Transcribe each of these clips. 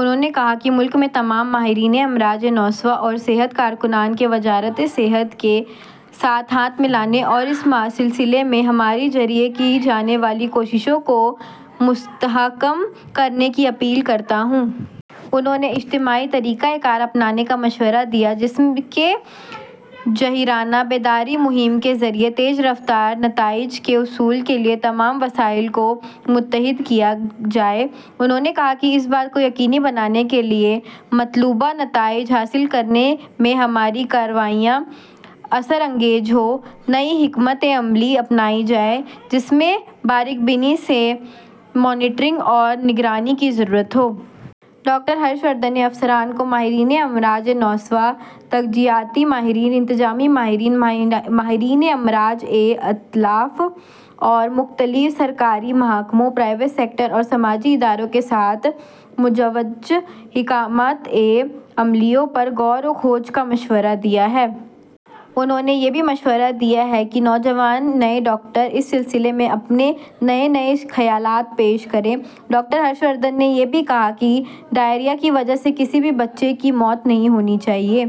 انہوں نے کہا کہ ''ملک میں تمام ماہرینِ امراضِ نسواں اور صحت کارکنان سے وزارتِ صحت کے ساتھ ہاتھ ملانے اور اس سلسلے میں ہمارے ذریعے کی جانے والی کوششوں کو مستحکم کرنے کی اپیل کرتا ہوں۔'' انہوں نے اجتماعی طریقۂ کار اپنانے کا مشورہ دیا، جس میں جارحانہ بیداری مہم کے ذریعے تیز رفتار نتائج کے حصول کے لیے تمام وسائل کو متحد کیا جائے۔ انہوں نے کہا کہ اس بات کو یقینی بنانے کے لیے کہ مطلوبہ نتائج حاصل کرنے میں ہماری کارروائیاں اثر انگیز ہوں، نئی حکمتِ عملی اپنائی جائے، جس میں باریک بینی سے مانیٹرنگ اور نگرانی کی ضرورت ہو۔ ڈاکٹر ہرش وردھن نے افسران کو ماہرینِ امراضِ نسواں، تغذیاتی ماہرین، انتظامی ماہرین، ماہرینِ امراضِ اطفال اور مختلف سرکاری محکموں، پرائیویٹ سیکٹر اور سماجی اداروں کے ساتھ مجوزہ حکمتِ عملیوں پر غور و خوض کا مشورہ دیا ہے۔ انہوں نے یہ بھی مشورہ دیا کہ نوجوان، نئے ڈاکٹر اس سلسلے میں اپنے نئے نئے خیالات پیش کریں۔ ڈاکٹر ہرش وردھن نے یہ بھی کہا کہ ڈائریا کی وجہ سے کسی بھی بچے کی موت نہیں ہونی چاہیے۔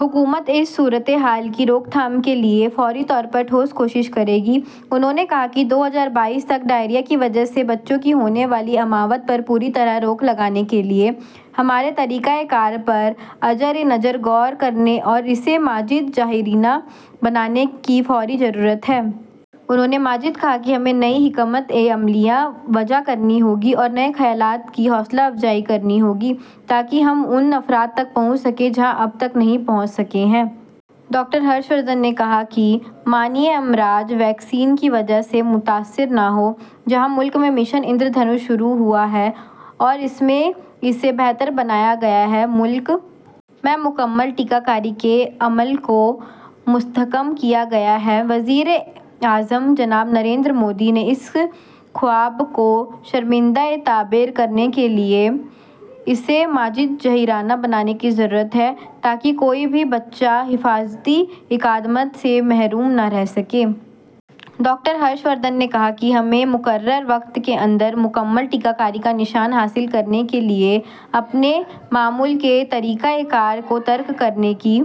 حکومت اس صورتحال کی روک تھام کے لیے فوری طور پر ٹھوس کوششیں کرے گی۔ انہوں نے کہا کہ دو ہزار بائیس تک ڈائریا کی وجہ سے بچوں کی ہونے والی اموات پر پوری طرح روک لگانے کے لیے ہمارے طریقۂ کار پر ازسرِنو غور کرنے اور اسے مزید جارحانہ بنانے کی فوری ضرورت ہے۔ انہوں نے مزید کہا کہ ہمیں نئی حکمتِ عملیاں وضع کرنی ہوں گی اور نئے خیالات کی حوصلہ افزائی کرنی ہوگی، تاکہ ہم ان افراد تک پہنچ سکیں جہاں اب تک نہیں پہنچ سکے ہیں۔ ڈاکٹر ہرش وردھن نے کہا کہ مانع امراض ویکسین کی وجہ سے متاثر نہ ہو۔ جہاں ملک میں مشن اندر دھنش شروع ہوا ہے اور اس میں اسے بہتر بنایا گیا ہے، ملک میں مکمل ٹیکہ کاری کا عمل مستحکم ہوا ہے، وہیں وزیراعظم جناب نریندر مودی کے اس خواب کو شرمندۂ تعبیر کرانے کے لیے اسے مزید جارحانہ بنانے کی ضرورت ہے، تاکہ کوئی بھی بچہ حفاظتی اقدامات سے محروم نہ رہ سکے۔ ڈاکٹر ہرش وردھن نے کہا کہ ہمیں مقررہ وقت کے اندر مکمل ٹیکہ کاری کا نشانہ حاصل کرنے کے لیے اپنے معمول کے طریقۂ کار کو ترک کرنے کی